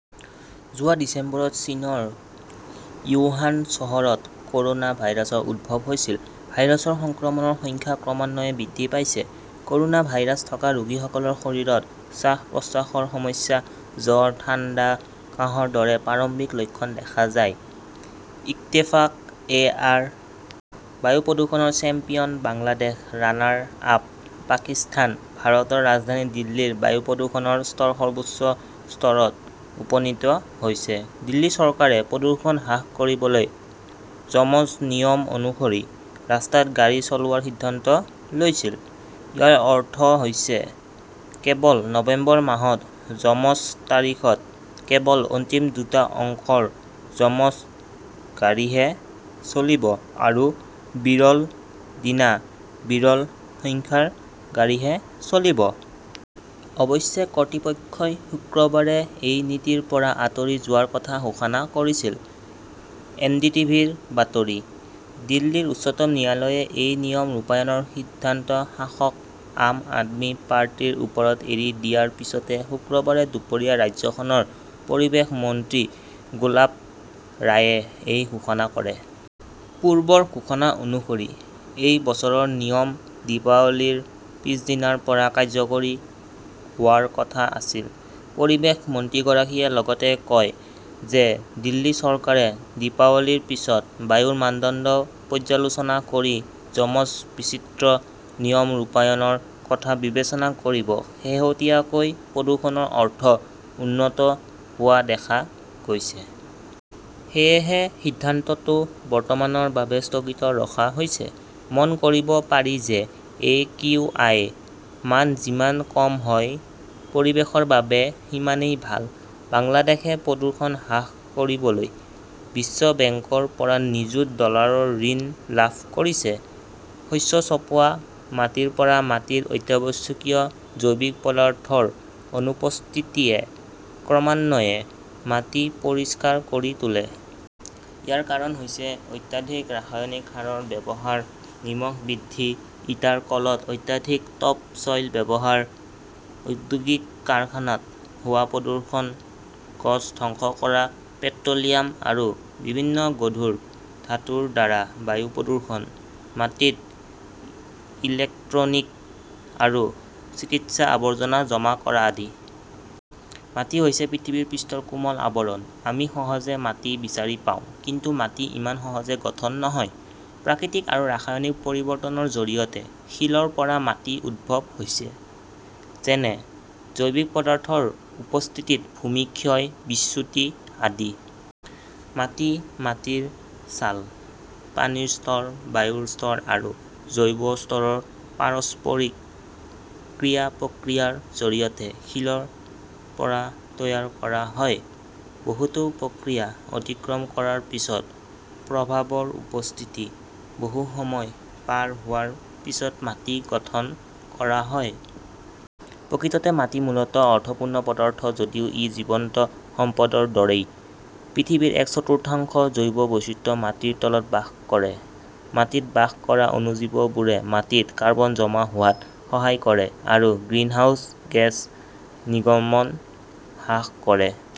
যোৱা ডিচেম্বৰত চীনৰ উহান চহৰত কৰ'না ভাইৰাছৰ উদ্ভৱ হৈছিল। ভাইৰাছৰ সংক্ৰমণৰ সংখ্যা ক্ৰমান্বয়ে বৃদ্ধি পাইছে। ক'ৰোনা ভাইৰাছ থকা ৰোগীসকলৰ শৰীৰত শ্বাস-প্ৰশ্বাসৰ সমস্যা, জ্বৰ, ঠাণ্ডা, কাহৰ দৰে প্ৰাৰম্ভিক লক্ষণ দেখা যায়। ইত্তেফাক এ. আৰ. বায়ু প্ৰদূষণৰ চেম্পিয়ন বাংলাদেশ, ৰানাৰ-আপ পাকিস্তান ভাৰতৰ ৰাজধানী দিল্লীৰ বায়ু প্ৰদূষণৰ স্তৰ সৰ্বোচ্চ স্তৰত উপনীত হৈছে। দিল্লী চৰকাৰে প্ৰদূষণ হ্ৰাস কৰিবলৈ যমজ নিয়ম অনুসৰি ৰাস্তাত গাড়ী চলোৱাৰ সিদ্ধান্ত লৈছিল। ইয়াৰ অৰ্থ হৈছে কেৱল নৱেম্বৰ মাহত যমজ তাৰিখত কেৱল অন্তিম দুটা অংকৰ যমজ গাড়ীহে চলিব আৰু বিৰল দিনা বিৰল সংখ্যাৰ গাড়ীহে চলিব। অৱশ্যে কৰ্তৃপক্ষই শুকুৰবাৰে এই নীতিৰ পৰা আঁতৰি যোৱাৰ কথা ঘোষণা কৰিছিল। এনডিটিভিৰ বাতৰি। দিল্লীৰ উচ্চতম ন্যায়ালয়ে এই নিয়ম ৰূপায়ণৰ সিদ্ধান্ত শাসক আম আদমি পাৰ্টিৰ ওপৰত এৰি দিয়াৰ পিছতে শুকুৰবাৰে দুপৰীয়া ৰাজ্যখনৰ পৰিৱেশ মন্ত্ৰী গোলাপ ৰায়ে এই ঘোষণা কৰে। পূৰ্বৰ ঘোষণা অনুসৰি, এই বছৰৰ নিয়ম দীপাৱলীৰ পিছদিনাৰ পৰা কাৰ্যকৰী হোৱাৰ কথা আছিল। পৰিৱেশ মন্ত্ৰীগৰাকীয়ে লগতে কয় যে, দিল্লী চৰকাৰে দীপাৱলীৰ পিছত বায়ুৰ মানদণ্ড পৰ্যালোচনা কৰি যমজ বিচিত্ৰ নিয়ম ৰূপায়ণৰ কথা বিবেচনা কৰিব। শেহতীয়াকৈ প্ৰদূষণৰ অৰ্থ উন্নত হোৱা দেখা গৈছে। সেয়েহে সিদ্ধান্তটো বৰ্তমানৰ বাবে স্থগিত ৰখা হৈছে। মন কৰিব পাৰি যে, একিউআই মান যিমান কম হয় পৰিৱেশৰ বাবে সিমানেই ভাল। বাংলাদেশে প্ৰদূষণ হ্ৰাস কৰিবলৈ বিশ্ব বেংকৰ পৰা নিযুত ডলাৰৰ ঋণ লাভ কৰিছে। শস্য চপোৱা মাটিৰ পৰা মাটিৰ অত্যাৱশ্যকীয় জৈৱিক পদাৰ্থৰ অনুপস্থিতিয়ে ক্ৰমান্বয়ে মাটি পৰিষ্কাৰ কৰি তোলে। ইয়াৰ কাৰণ হৈছে, অত্যাধিক ৰাসায়নিক সাৰৰ ব্যৱহাৰ, নিমখ বৃদ্ধি, ইটাৰ কলত অত্যাধিক টপ চ 'ইল ব্যৱহাৰ, ঔদ্যোগিক কাৰখানাত হোৱা প্ৰদূষণ, গছ ধ্বংস কৰা, পেট্ৰ' লিয়াম আৰু বিভিন্ন গধুৰ ধাতুৰ দ্বাৰা বায়ু প্ৰদূষণ, মাটিত ইলেক্ট্ৰনিক আৰু চিকিৎসা আৱৰ্জনা জমা কৰা আদি। মাটি হৈছে পৃথিৱীৰ পৃষ্ঠৰ কোমল আৱৰণ। আমি সহজে মাটি বিচাৰি পাওঁ, কিন্তু মাটি ইমান সহজে গঠন নহয়। প্ৰাকৃতিক আৰু ৰাসায়নিক পৰিৱৰ্তনৰ জৰিয়তে শিলৰ পৰা মাটিৰ উদ্ভৱ হৈছে, যেনে জৈৱিক পদাৰ্থৰ উপস্থিতিত ভূমি ক্ষয়, বিচ্যুতি আদি। মাটি মাটিৰ ছাল, পানীৰ স্তৰ, বায়ুৰ স্তৰ আৰু জৈৱ স্তৰৰ পাৰস্পৰিক ক্ৰিয়া-প্ৰতিক্ৰিয়াৰ জৰিয়তে শিলৰ পৰা তৈয়াৰ কৰা হয়। বহুতো প্ৰক্ৰিয়া অতিক্ৰম কৰাৰ পিছত, প্ৰভাৱৰ উপস্থিতি, বহু সময় পাৰ হোৱাৰ পিছত মাটি গঠন কৰা হয়। প্ৰকৃততে মাটি মূলত অৰ্থপূৰ্ণ পদাৰ্থ যদিও ই জীৱন্ত সম্পদৰ দৰেই। পৃথিৱীৰ এক চতুৰ্থাংশ জৈৱ বৈচিত্ৰ্য মাটিৰ তলত বাস কৰে। মাটিত বাস কৰা অণুজীৱবোৰে মাটিত কাৰ্বন জমা হোৱাত সহায় কৰে আৰু গ্ৰিনহাউজ গেছ নিৰ্গমন হ্ৰাস কৰে।